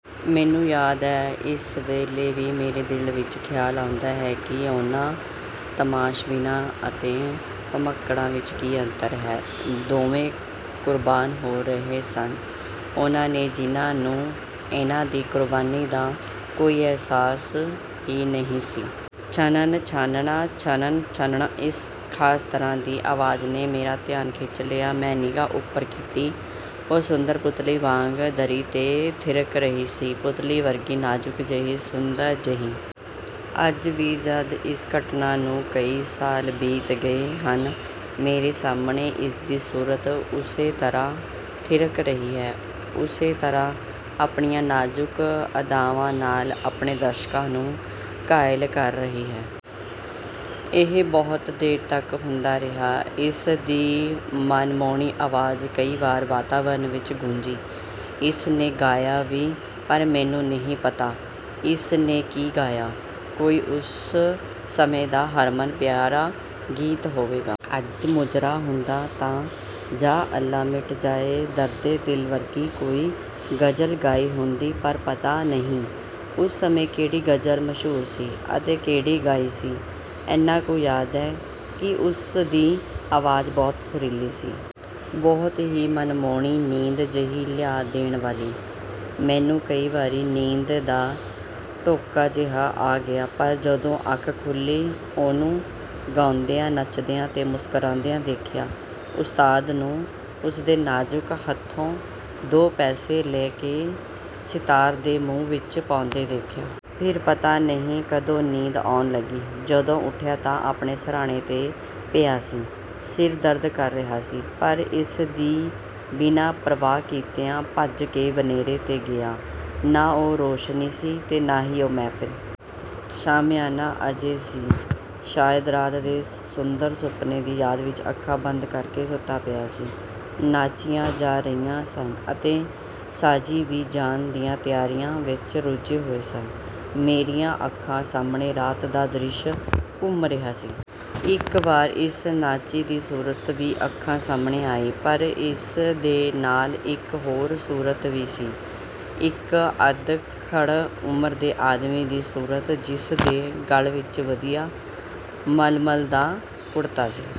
ਮੈਨੂੰ ਯਾਦ ਹੈ, ਇਸ ਵੇਲੇ ਵੀ ਮੇਰੇ ਦਿਲ ਵਿਚ ਖਿਆਲ ਆਉਂਦਾ ਹੈ ਕਿ ਉਨ੍ਹਾਂ ਤਮਾਸ਼ਬੀਨਾਂ ਅਤੇ ਭਮੱਕੜਾਂ ਵਿਚ ਕੀ ਅੰਤਰ ਹੈ? ਦੋਵੇਂ ਕੁਰਬਾਨ ਹੋ ਰਹੇ ਸਨ, ਉਨ੍ਹਾਂ 'ਤੇ ਜਿਨ੍ਹਾਂ ਨੂੰ ਇਨ੍ਹਾਂ ਦੀ ਕੁਰਬਾਨੀ ਦਾ ਕੋਈ ਅਹਿਸਾਸ ਹੀ ਨਹੀਂ ਸੀ। ਛਨਣ ਛਣਾ ਛਣ ਛਨਣ ਇਸ ਖ਼ਾਸ ਤਰ੍ਹਾਂ ਦੀ ਆਵਾਜ਼ ਨੇ ਮੇਰਾ ਧਿਆਨ ਖਿੱਚ ਲਿਆ। ਮੈਂ ਨਿਗ੍ਹਾ ਉਪਰ ਕੀਤੀ। ਉਹ ਸੁੰਦਰੀ ਪੁਤਲੀ ਵਾਂਗ ਦਰੀ 'ਤੇ ਥਿਰਕ ਰਹੀ ਸੀ। ਪੁਤਲੀ ਵਰਗੀ, ਨਾਜ਼ੁਕ ਜਿਹੀ, ਸੁੰਦਰ ਜਿਹੀ। ਅੱਜ ਵੀ ਜਦ ਇਸ ਘਟਨਾ ਨੂੰ ਕਈ ਸਾਲ ਬੀਤ ਗਏ ਹਨ, ਮੇਰੇ ਸਾਹਮਣੇ ਇਸ ਦੀ ਸੂਰਤ ਉਸੇ ਤਰ੍ਹਾਂ ਥਿਰਕ ਰਹੀ ਹੈ। ਉਸੇ ਤਰ੍ਹਾਂ ਆਪਣੀਆਂ ਨਾਜ਼ੁਕ ਅਦਾਵਾਂ ਨਾਲ ਆਪਣੇ ਦਰਸ਼ਕਾਂ ਨੂੰ ਘਾਇਲ ਕਰ ਰਹੀ ਹੈ। ਇਹ ਬਹੁਤ ਦੇਰ ਤਕ ਹੁੰਦਾ ਰਿਹਾ, ਇਸ ਦੀ ਮਨਮੋਹਣੀ ਆਵਾਜ਼ ਕਈ ਵਾਰ ਵਾਤਾਵਰਨ ਵਿਚ ਗੂੰਜੀ। ਇਸ ਨੇ ਗਾਇਆ ਵੀ, ਪਰ ਮੈਨੂੰ ਨਹੀਂ ਪਤਾ ਇਸ ਨੇ ਕੀ ਗਾਇਆ। ਕੋਈ ਉਸ ਸਮੇਂ ਦਾ ਹਰਮਨ ਪਿਆਰਾ ਗੀਤ ਹੋਵੇਗਾ। ਅੱਜ 'ਮੁਜਰਾ' ਹੁੰਦਾ ਤਾਂ 'ਯਾ ਅੱਲਾ ਮਿਟ ਜਾਏ ਦਰਦੇ ਦਿਲ' ਵਰਗੀ ਕੋਈ ਗ਼ਜ਼ਲ ਗਾਈ ਹੁੰਦੀ ਪਰ ਪਤਾ ਨਹੀਂ ਉਸ ਸਮੇਂ ਕਿਹੜੀ ਗਜ਼ਲ ਮਸ਼ਹੂਰ ਸੀ ਅਤੇ ਕਿਹੜੀ ਗਾਈ ਸੀ। ਐਨਾ ਕੁ ਯਾਦ ਹੈ ਕਿ ਉਸ ਦੀ ਆਵਾਜ਼ ਬਹੁਤ ਸੁਰੀਲੀ ਸੀ। ਬਹੁਤ ਹੀ ਮਨਮੋਹਣੀ, ਨੀਂਦ ਜਿਹੀ ਲਿਆ ਦੇਣ ਵਾਲੀ। ਮੈਨੂੰ ਕਈ ਵਾਰੀ ਨੀਂਦ ਦਾ ਢੌਂਕਾ ਜਿਹਾ ਆ ਗਿਆ ਪਰ ਜਦੋਂ ਅੱਖ ਖੁੱਲ੍ਹੀ, ਉਹਨੂੰ ਗਾਉਂਦਿਆਂ, ਨੱਚਦਿਆਂ ਤੇ ਮੁਸਕਰਾਉਂਦਿਆਂ ਦੇਖਿਆ। ਉਸਤਾਦ ਨੂੰ ਉਸ ਦੇ ਨਾਜ਼ੁਕ ਹੱਥੋਂ ਦੋ ਪੈਸੇ ਲੈ ਕੇ ਸਿਤਾਰ ਦੇ ਮੂੰਹ ਵਿਚ ਪਾਉਂਦੇ ਦੇਖਿਆ। ਫਿਰ ਪਤਾ ਨਹੀਂ ਕਦੋਂ ਨੀਂਦ ਆਉਣ ਲੱਗੀ। ਜਦੋਂ ਉਠਿਆ ਤਾਂ ਆਪਣੇ ਬਿਸਤਰੇ 'ਤੇ ਪਿਆ ਸੀ। ਸਿਰ ਦਰਦ ਕਰ ਰਿਹਾ ਸੀ ਪਰ ਇਸ ਦੀ ਬਿਨਾਂ ਪਰਵਾਹ ਕੀਤਿਆਂ ਭੱਜ ਕੇ ਬਨੇਰੇ 'ਤੇ ਗਿਆ। ਨਾ ਉਹ ਰੋਸ਼ਨੀ ਸੀ ਤੇ ਨਾ ਉਹ ਮਹਿਫਿਲ। ਸ਼ਾਮਿਆਨਾ ਅਜੇ ਸੀ। ਸ਼ਾਇਦ ਰਾਤ ਦੇ ਸੁੰਦਰ ਸੁਪਨੇ ਦੀ ਯਾਦ ਵਿਚ ਅੱਖਾਂ ਬੰਦ ਕਰ ਕੇ ਸੁੱਤਾ ਪਿਆ ਸੀ। ਨਾਚੀਆਂ ਜਾ ਰਹੀਆਂ ਸਨ ਅਤੇ ਸਾਜ਼ੀ ਵੀ ਜਾਣ ਦੀਆਂ ਤਿਆਰੀਆਂ ਵਿਚ ਰੁਝੇ ਹੋਏ ਸਨ। ਮੇਰੀਆਂ ਅੱਖਾਂ ਸਾਹਮਣੇ ਰਾਤ ਦਾ ਦ੍ਰਿਸ਼ ਘੁੰਮ ਰਿਹਾ ਸੀ। ਇਕ ਵਾਰ ਇਸ ਨਾਚੀ ਦੀ ਸੂਰਤ ਵੀ ਅੱਖਾਂ ਸਾਹਮਣੇ ਆਈ, ਪਰ ਇਸ ਦੇ ਨਾਲ ਇਕ ਹੋਰ ਸੂਰਤ ਵੀ ਸੀ। ਇਕ ਅੱਧਖੜ ਉਮਰ ਦੇ ਆਦਮੀ ਦੀ ਸੂਰਤ ਜਿਸ ਦੇ ਗਲ ਵਿਚ ਵਧੀਆ ਮਲਮਲ ਦਾ ਕੁੜਤਾ ਸੀ।